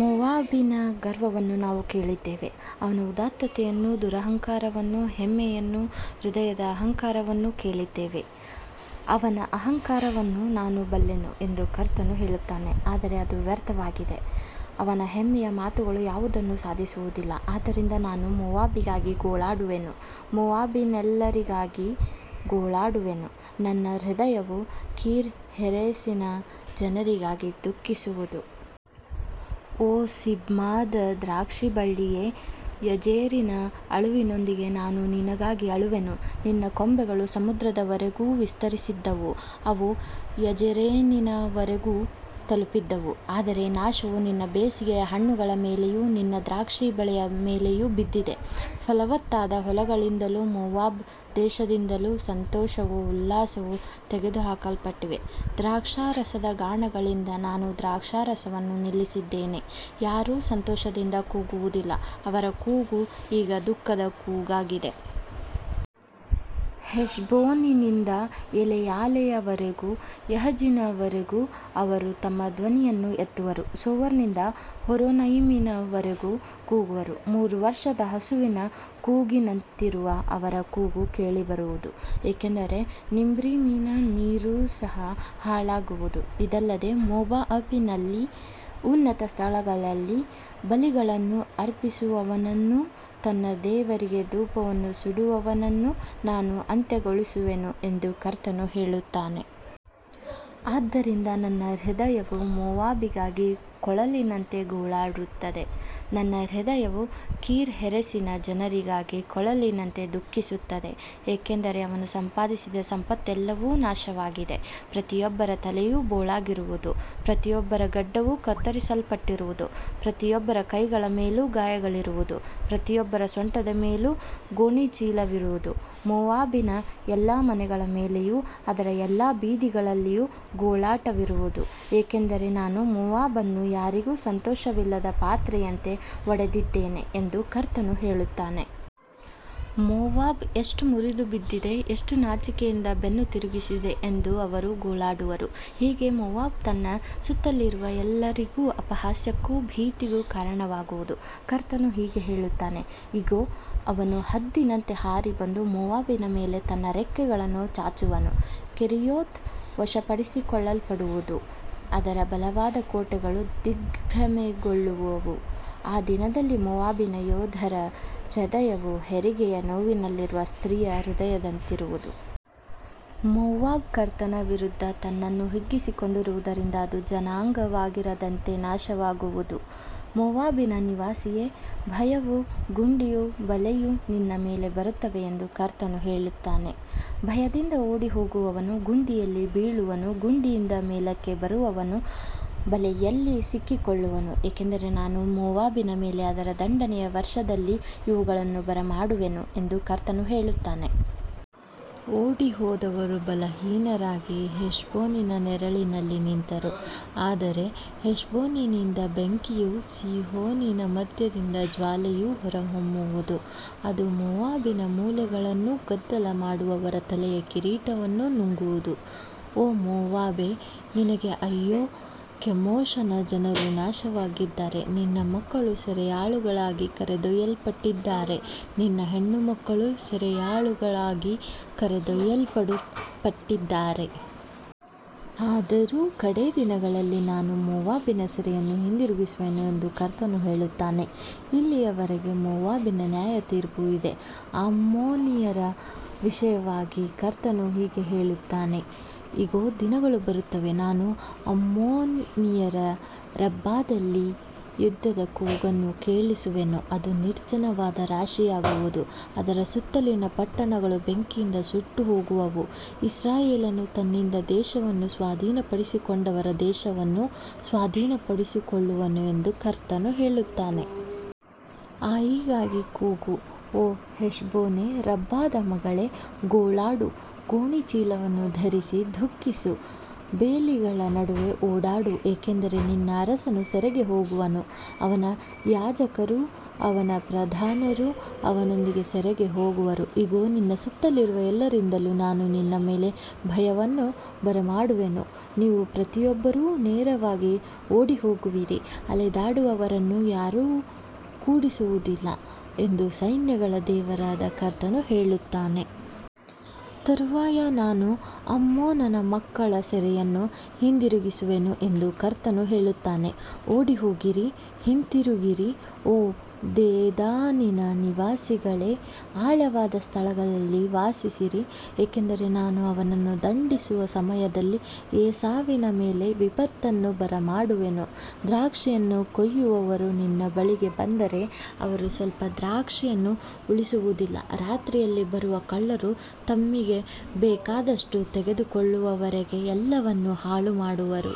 ಮೋವಾಬಿನ ಗರ್ವವನ್ನು ನಾವು ಕೇಳಿದ್ದೇವೆ, ಅವನ ಉದಾತ್ತತೆಯನ್ನೂ ದುರಹಂಕಾರವನ್ನೂ ಹೆಮ್ಮೆಯನ್ನೂ ಹೃದಯದ ಅಹಂಕಾರವನ್ನೂ ಕೇಳಿದ್ದೇವೆ. ಅವನ ಅಹಂಕಾರವನ್ನು ನಾನು ಬಲ್ಲೆನು ಎಂದು ಕರ್ತನು ಹೇಳುತ್ತಾನೆ, ಆದರೆ ಅದು ವ್ಯರ್ಥವಾಗಿದೆ, ಅವನ ಹೆಮ್ಮೆಯ ಮಾತುಗಳು ಯಾವುದನ್ನೂ ಸಾಧಿಸುವುದಿಲ್ಲ. ಆದ್ದರಿಂದ ನಾನು ಮೋವಾಬಿಗಾಗಿ ಗೋಳಾಡುವೆನು, ಮೋವಾಬಿನೆಲ್ಲರಿಗಾಗಿ ಗೋಳಾಡುವೆನು, ನನ್ನ ಹೃದಯವು ಕೀರ್‌ಹೆರೆಸಿನ ಜನರಿಗಾಗಿ ದುಃಖಿಸುವುದು. ಓ ಸಿಬ್ಮಾದ ದ್ರಾಕ್ಷಿಬಳ್ಳಿಯೇ, ಯಜೆರಿನ ಅಳುವಿನೊಂದಿಗೆ ನಾನು ನಿನಗಾಗಿ ಅಳುವೆನು, ನಿನ್ನ ಕೊಂಬೆಗಳು ಸಮುದ್ರದವರೆಗೂ ವಿಸ್ತರಿಸಿದ್ದವು, ಅವು ಯಜೆರಿನವರೆಗೂ ತಲುಪಿದ್ದವು, ಆದರೆ ನಾಶವು ನಿನ್ನ ಬೇಸಿಗೆಯ ಹಣ್ಣುಗಳ ಮೇಲೆಯೂ ನಿನ್ನ ದ್ರಾಕ್ಷಿ ಬೆಳೆಯ ಮೇಲೆಯೂ ಬಿದ್ದಿದೆ. ಫಲವತ್ತಾದ ಹೊಲಗಳಿಂದಲೂ ಮೋವಾಬ್ ದೇಶದಿಂದಲೂ ಸಂತೋಷವೂ ಉಲ್ಲಾಸವೂ ತೆಗೆದುಹಾಕಲ್ಪಟ್ಟಿವೆ, ದ್ರಾಕ್ಷಾರಸದ ಗಾಣಗಳಿಂದ ನಾನು ದ್ರಾಕ್ಷಾರಸವನ್ನು ನಿಲ್ಲಿಸಿದ್ದೇನೆ, ಯಾರೂ ಸಂತೋಷದಿಂದ ಕೂಗುವುದಿಲ್ಲ, ಅವರ ಕೂಗು ಈಗ ದುಃಖದ ಕೂಗಾಗಿದೆ. ಹೆಷ್ಬೋನಿನಿಂದ ಎಲೆಯಾಲೆಯವರೆಗೂ, ಯಹಜಿನವರೆಗೂ ಅವರು ತಮ್ಮ ಧ್ವನಿಯನ್ನು ಎತ್ತುವರು, ಸೋವರ್‌ನಿಂದ ಹೋರೋನೈಮಿನವರೆಗೂ ಕೂಗುವರು, ಮೂರು ವರ್ಷದ ಹಸುವಿನ ಕೂಗಿನಂತಿರುವ ಅವರ ಕೂಗು ಕೇಳಿಬರುವುದು, ಏಕೆಂದರೆ ನಿಮ್ರೀಮಿನ ನೀರೂ ಸಹ ಹಾಳಾಗುವುದು. ಇದಲ್ಲದೆ ಮೋವಾಬಿನಲ್ಲಿ, ಉನ್ನತ ಸ್ಥಳಗಳಲ್ಲಿ ಬಲಿಗಳನ್ನು ಅರ್ಪಿಸುವವನನ್ನೂ ತನ್ನ ದೇವರಿಗೆ ಧೂಪವನ್ನು ಸುಡುವವನನ್ನೂ ನಾನು ಅಂತ್ಯಗೊಳಿಸುವೆನು ಎಂದು ಕರ್ತನು ಹೇಳುತ್ತಾನೆ. ಆದ್ದರಿಂದ ನನ್ನ ಹೃದಯವು ಮೋವಾಬಿಗಾಗಿ ಕೊಳಲಿನಂತೆ ಗೋಳಾಡುತ್ತದೆ, ನನ್ನ ಹೃದಯವು ಕೀರ್‌ಹೆರೆಸಿನ ಜನರಿಗಾಗಿ ಕೊಳಲಿನಂತೆ ದುಃಖಿಸುತ್ತದೆ, ಏಕೆಂದರೆ ಅವನು ಸಂಪಾದಿಸಿದ ಸಂಪತ್ತೆಲ್ಲವೂ ನಾಶವಾಗಿದೆ. ಪ್ರತಿಯೊಬ್ಬರ ತಲೆಯೂ ಬೋಳಾಗಿರುವುದು, ಪ್ರತಿಯೊಬ್ಬರ ಗಡ್ಡವೂ ಕತ್ತರಿಸಲ್ಪಟ್ಟಿರುವುದು, ಪ್ರತಿಯೊಬ್ಬರ ಕೈಗಳ ಮೇಲೂ ಗಾಯಗಳಿರುವುದು, ಪ್ರತಿಯೊಬ್ಬರ ಸೊಂಟದ ಮೇಲೂ ಗೋಣಿಚೀಲವಿರುವುದು. ಮೋವಾಬಿನ ಎಲ್ಲಾ ಮನೆಗಳ ಮೇಲೆಯೂ ಅದರ ಎಲ್ಲಾ ಬೀದಿಗಳಲ್ಲಿಯೂ ಗೋಳಾಟವಿರುವುದು, ಏಕೆಂದರೆ ನಾನು ಮೋವಾಬನ್ನು ಯಾರಿಗೂ ಸಂತೋಷವಿಲ್ಲದ ಪಾತ್ರೆಯಂತೆ ಒಡೆದಿದ್ದೇನೆ ಎಂದು ಕರ್ತನು ಹೇಳುತ್ತಾನೆ. ಮೋವಾಬ್ ಎಷ್ಟು ಮುರಿದುಬಿದ್ದಿದೆ, ಎಷ್ಟು ನಾಚಿಕೆಯಿಂದ ಬೆನ್ನು ತಿರುಗಿಸಿದೆ ಎಂದು ಅವರು ಗೋಳಾಡುವರು, ಹೀಗೆ ಮೋವಾಬ್ ತನ್ನ ಸುತ್ತಲಿರುವ ಎಲ್ಲರಿಗೂ ಅಪಹಾಸ್ಯಕ್ಕೂ ಭೀತಿಗೂ ಕಾರಣವಾಗುವುದು. ಕರ್ತನು ಹೀಗೆ ಹೇಳುತ್ತಾನೆ, ಇಗೋ, ಅವನು ಹದ್ದಿನಂತೆ ಹಾರಿಬಂದು ಮೋವಾಬಿನ ಮೇಲೆ ತನ್ನ ರೆಕ್ಕೆಗಳನ್ನು ಚಾಚುವನು, ಕೆರಿಯೋತ್ ವಶಪಡಿಸಿಕೊಳ್ಳಲ್ಪಡುವುದು, ಅದರ ಬಲವಾದ ಕೋಟೆಗಳು ದಿಗ್ಭ್ರಮೆಗೊಳ್ಳುವವು, ಆ ದಿನದಲ್ಲಿ ಮೋವಾಬಿನ ಯೋಧರ ಹೃದಯವು ಹೆರಿಗೆಯ ನೋವಿನಲ್ಲಿರುವ ಸ್ತ್ರೀಯ ಹೃದಯದಂತಿರುವುದು. ಮೋವಾಬ್ ಕರ್ತನ ವಿರುದ್ಧ ತನ್ನನ್ನು ಹಿಗ್ಗಿಸಿಕೊಂಡಿರುವುದರಿಂದ ಅದು ಜನಾಂಗವಾಗಿರದಂತೆ ನಾಶವಾಗುವುದು. ಮೋವಾಬಿನ ನಿವಾಸಿಯೇ, ಭಯವೂ ಗುಂಡಿಯೂ ಬಲೆಯೂ ನಿನ್ನ ಮೇಲೆ ಬರುತ್ತವೆ ಎಂದು ಕರ್ತನು ಹೇಳುತ್ತಾನೆ. ಭಯದಿಂದ ಓಡಿಹೋಗುವವನು ಗುಂಡಿಯಲ್ಲಿ ಬೀಳುವನು, ಗುಂಡಿಯಿಂದ ಮೇಲಕ್ಕೆ ಬರುವವನು ಬಲೆಯಲ್ಲಿ ಸಿಕ್ಕಿಕೊಳ್ಳುವನು, ಏಕೆಂದರೆ ನಾನು ಮೋವಾಬಿನ ಮೇಲೆ ಅದರ ದಂಡನೆಯ ವರ್ಷದಲ್ಲಿ ಇವುಗಳನ್ನು ಬರಮಾಡುವೆನು ಎಂದು ಕರ್ತನು ಹೇಳುತ್ತಾನೆ. ಓಡಿಹೋದವರು ಬಲಹೀನರಾಗಿ ಹೆಷ್ಬೋನಿನ ನೆರಳಿನಲ್ಲಿ ನಿಂತರು, ಆದರೆ ಹೆಷ್ಬೋನಿನಿಂದ ಬೆಂಕಿಯೂ ಸೀಹೋನಿನ ಮಧ್ಯದಿಂದ ಜ್ವಾಲೆಯೂ ಹೊರಹೊಮ್ಮುವುದು, ಅದು ಮೋವಾಬಿನ ಮೂಲೆಗಳನ್ನೂ ಗದ್ದಲಮಾಡುವವರ ತಲೆಯ ಕಿರೀಟವನ್ನೂ ನುಂಗುವುದು. ಓ ಮೋವಾಬೇ, ನಿನಗೆ ಅಯ್ಯೋ, ಕೆಮೋಷನ ಜನರು ನಾಶವಾಗಿದ್ದಾರೆ, ನಿನ್ನ ಮಕ್ಕಳು ಸೆರೆಯಾಳುಗಳಾಗಿ ಕರೆದೊಯ್ಯಲ್ಪಟ್ಟಿದ್ದಾರೆ, ನಿನ್ನ ಹೆಣ್ಣುಮಕ್ಕಳೂ ಸೆರೆಯಾಳುಗಳಾಗಿ ಕರೆದೊಯ್ಯಲ್ಪಟ್ಟಿದ್ದಾರೆ. ಆದರೂ ಕಡೇ ದಿನಗಳಲ್ಲಿ ನಾನು ಮೋವಾಬಿನ ಸೆರೆಯನ್ನು ಹಿಂದಿರುಗಿಸುವೆನು ಎಂದು ಕರ್ತನು ಹೇಳುತ್ತಾನೆ. ಇಲ್ಲಿಯವರೆಗೆ ಮೋವಾಬಿನ ನ್ಯಾಯತೀರ್ಪು ಇದೆ. ಅಮ್ಮೋನಿಯರ ವಿಷಯವಾಗಿ ಕರ್ತನು ಹೀಗೆ ಹೇಳುತ್ತಾನೆ, ಇಗೋ, ದಿನಗಳು ಬರುತ್ತವೆ, ನಾನು ಅಮ್ಮೋನಿಯರ ರಬ್ಬಾದಲ್ಲಿ ಯುದ್ಧದ ಕೂಗನ್ನು ಕೇಳಿಸುವೆನು, ಅದು ನಿರ್ಜನವಾದ ರಾಶಿಯಾಗುವುದು, ಅದರ ಸುತ್ತಲಿನ ಪಟ್ಟಣಗಳು ಬೆಂಕಿಯಿಂದ ಸುಟ್ಟುಹೋಗುವವು, ಇಸ್ರಾಯೇಲನು ತನ್ನಿಂದ ದೇಶವನ್ನು ಸ್ವಾಧೀನಪಡಿಸಿಕೊಂಡವರ ದೇಶವನ್ನು ಸ್ವಾಧೀನಪಡಿಸಿಕೊಳ್ಳುವನು ಎಂದು ಕರ್ತನು ಹೇಳುತ್ತಾನೆ. ಆಯಿಗಾಗಿ ಕೂಗು, ಓ ಹೆಷ್ಬೋನೇ, ರಬ್ಬಾದ ಮಗಳೇ, ಗೋಳಾಡು, ಗೋಣಿಚೀಲವನ್ನು ಧರಿಸಿ ದುಃಖಿಸು, ಬೇಲಿಗಳ ನಡುವೆ ಓಡಾಡು, ಏಕೆಂದರೆ ನಿನ್ನ ಅರಸನು ಸೆರೆಗೆ ಹೋಗುವನು, ಅವನ ಯಾಜಕರೂ ಅವನ ಪ್ರಧಾನರೂ ಅವನೊಂದಿಗೆ ಸೆರೆಗೆ ಹೋಗುವರು. ಇಗೋ, ನಿನ್ನ ಸುತ್ತಲಿರುವ ಎಲ್ಲರಿಂದಲೂ ನಾನು ನಿನ್ನ ಮೇಲೆ ಭಯವನ್ನು ಬರಮಾಡುವೆನು, ನೀವು ಪ್ರತಿಯೊಬ್ಬರೂ ನೇರವಾಗಿ ಓಡಿಹೋಗುವಿರಿ, ಅಲೆದಾಡುವವರನ್ನು ಯಾರೂ ಕೂಡಿಸುವುದಿಲ್ಲ ಎಂದು ಸೈನ್ಯಗಳ ದೇವರಾದ ಕರ್ತನು ಹೇಳುತ್ತಾನೆ. ತರುವಾಯ ನಾನು ಅಮ್ಮೋನನ ಮಕ್ಕಳ ಸೆರೆಯನ್ನು ಹಿಂದಿರುಗಿಸುವೆನು ಎಂದು ಕರ್ತನು ಹೇಳುತ್ತಾನೆ. ಓಡಿಹೋಗಿರಿ, ಹಿಂತಿರುಗಿರಿ, ಓ ದೇದಾನಿನ ನಿವಾಸಿಗಳೇ, ಆಳವಾದ ಸ್ಥಳಗಳಲ್ಲಿ ವಾಸಿಸಿರಿ, ಏಕೆಂದರೆ ನಾನು ಅವನನ್ನು ದಂಡಿಸುವ ಸಮಯದಲ್ಲಿ ಏಸಾವಿನ ಮೇಲೆ ವಿಪತ್ತನ್ನು ಬರಮಾಡುವೆನು. ದ್ರಾಕ್ಷಿಯನ್ನು ಕೊಯ್ಯುವವರು ನಿನ್ನ ಬಳಿಗೆ ಬಂದರೆ, ಅವರು ಸ್ವಲ್ಪ ದ್ರಾಕ್ಷಿಯನ್ನೂ ಉಳಿಸುವುದಿಲ್ಲ, ರಾತ್ರಿಯಲ್ಲಿ ಬರುವ ಕಳ್ಳರು ತಮ್ಮಿಗೆ ಬೇಕಾದಷ್ಟು ತೆಗೆದುಕೊಳ್ಳುವವರೆಗೆ ಎಲ್ಲವನ್ನೂ ಹಾಳುಮಾಡುವರು.